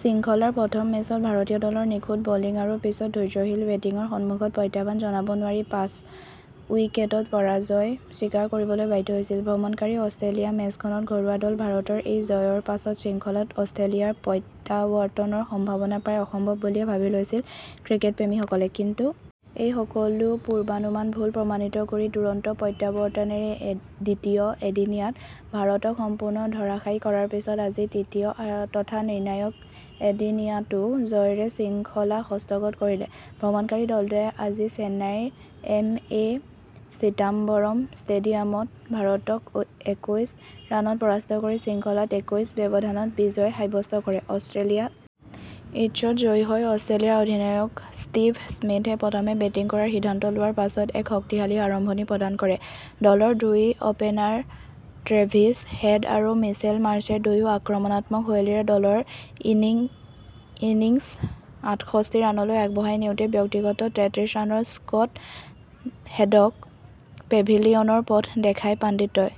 শৃংখলাৰ প্ৰথম মেচত ভাৰতীয় দলৰ নিখুঁত বলিং আৰু পিছত ধৈৰ্য্যশীল বেটিঙৰ সমুখত প্ৰত্যাহ্বান জনাব নোৱাৰি পাঁচ উইকেটত পৰাজয় স্বীকাৰ কৰিবলৈ বাধ্য হৈছিল। ভ্ৰমণকাৰী অষ্ট্ৰেলিয়া মেচখনত ঘৰুৱা দল ভাৰতৰ এই জয়ৰ পাছত শৃংখলাত অষ্ট্ৰেলিয়াৰ প্ৰত্যাৱৰ্তনৰ সম্ভাৱনা প্ৰায় অসম্ভৱ বুলিয়ে ভাবি লৈছিল ক্ৰিকেট প্ৰেমীসকলে। কিন্তু এই সকলো পূৰ্বানুমান ভুল প্ৰমাণিত কৰি দুৰন্ত প্ৰত্যাৱৰ্তনেৰে দ্বিতীয় এদিনীয়াত ভাৰতক সম্পূৰ্ণ ধৰাশায়ী কৰাৰ পিছত আজি তৃতীয় তথা নিৰ্ণায়ক এদিনীয়াতো জয়েৰে শৃংখলা হস্তগত কৰিলে। ভ্ৰমণকাৰী দলটোৱে আজি চেন্নাইৰ এম এ চিদাম্বৰম ষ্টেডিয়ামত ভাৰতক একৈছ ৰানত পৰাস্ত কৰি শৃংখলাত একৈছ ব্যৱধানত বিজয় সাব্যস্ত কৰে ।অষ্ট্ৰেলিয়া ইটছত জয়ী হৈ অষ্ট্ৰেলিয়াৰ অধিনায়ক ষ্টিভ স্মিথে প্ৰথমে বেটিং কৰাৰ সিদ্ধান্ত লোৱাৰ পাছত এক শক্তিশালী আৰম্ভণি প্ৰদান কৰে ।দলৰ দুই অপেনাৰ ট্ৰেভিছ হেড আৰু মিচেল মাৰ্শ্বে দুয়ো আক্ৰমণাত্মক শৈলীৰে দলৰ ইনিংছ আঠষষ্ঠি ৰানলৈ আগবঢ়াই নিওঁতেই ব্যক্তিগত তেত্ৰিশ ৰানৰ স্কত হেডক পেভিলিয়নৰ পথ দেখায় পাণ্ডিত্তই।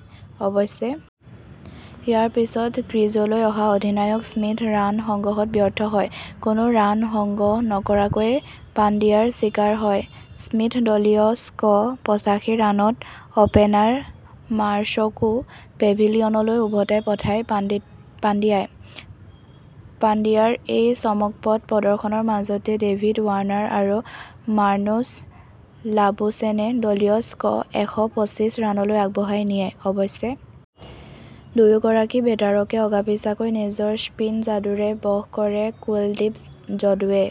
অৱশ্যে ইয়াৰ পিছত ক্ৰীজলৈ অহা অধিনায়ক স্মিথ ৰান সংগ্ৰহত ব্যৰ্থ হয়। কোনো ৰান সংগ্ৰহ নকৰাকৈয়ে পাণ্ডিয়াৰ চিকাৰ হয়। স্মিথদলীয় স্ক পচাশী ৰানত অপেনাৰ মাৰ্শ্বকো পেভিলিয়নলৈ উভতাই পঠায় পাণ্ডিয়াই। পাণ্ডিয়াৰ এই চমকপ্ৰদ প্ৰদৰ্শনৰ মাজতে ডেভিদ ৱাৰ্ণাৰ আৰু মাৰ্নুচ লাবুশ্বেনে দলীয় স্ক এশ পঁচিশ ৰানলৈ আগবঢ়াই নিয়ে। অৱশ্যে দুয়োগৰাকী বেটাৰকে অগা-পিছাকৈ নিজৰ স্পীন যাদুৰে বশ কৰে কুলদীপ যদুৱে।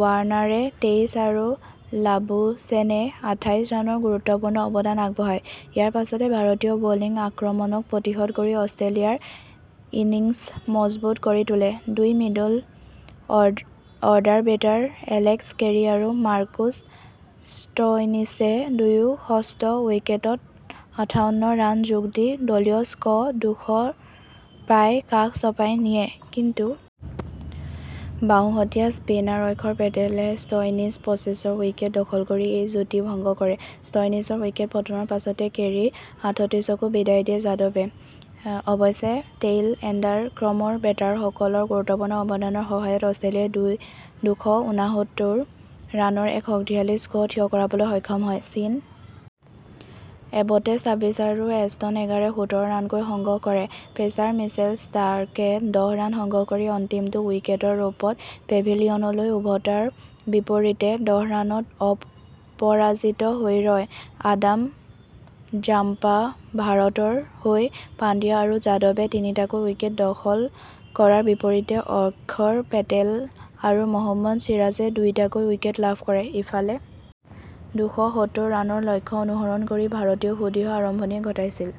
ৱাৰ্ণাৰে তেইছ আৰু লাবুশ্বেনে আঠাইছ ৰানৰ গুৰুত্বপূৰ্ণ অৱদান আগবঢ়ায়। ইয়াৰ পাছতে ভাৰতীয় বলিং আক্ৰমণক প্ৰতিহত কৰি অষ্ট্ৰেলিয়াৰ ইনিংছ মজবুত কৰি তোলে ।দুই middle order batter Alex Carey আৰু মাৰ্কুচ ষ্টইনিছে দুয়ো ষষ্ঠ উইকেটত আঠাউণ্ণ ৰান যোগ দি দলীয় স্ক দুশ ৰ প্ৰায় কাষ চপাই নিয়ে। কিন্তু বাওঁহতীয়া স্পিনাৰ অক্ষৰ পেটেলে ষ্টইনিছ পঁচিছৰ উইকেট দখল কৰি এই যুটি ভংগ কৰে। ষ্টইনিছৰ উইকেট পতনৰ পাছতে কেৰী আঠত্ৰিছকো বিদায় দিয়ে যাদৱে। অৱশ্যে টেইল এণ্ডাৰ ক্ৰমৰ বেটাৰসকলৰ গুৰুত্বপূৰ্ণ অৱদানৰ সহায়ত অষ্ট্ৰেলিয়াই দুশ উনাসত্তৰ ৰানৰ এক শক্তিশালী স্ক থিয় কৰাবলৈ সক্ষম হয়। চিন এবটে চাবিছ আৰু এষ্টন এগাৰে সোতৰ ৰানকৈ সংগ্ৰহ কৰে। পেচাৰ মিচেল ষ্টাৰ্কে দহ ৰান সংগ্ৰহ কৰি অন্তিমটো উইকেটৰ ৰূপত পেভিলিয়নলৈ উভতাৰ বিপৰীতে দহ ৰানত অপৰাজিত হৈ ৰয়। আডাম জাম্পাভাৰতৰ হৈ পাণ্ডিয়া আৰু যাদৱে তিনিটাকৈ উইকেট দখল কৰাৰ বিপৰীতে অক্ষৰ পেটেল আৰু মহম্মদ চিৰাজে দুটাকৈ উইকেট লাভ কৰে। ইফালে দুশ সত্তৰ ৰানৰ লক্ষ্য অনুসৰণ কৰি ভাৰতেও সুদৃঢ় আৰম্ভণিয়েই ঘটাইছিল।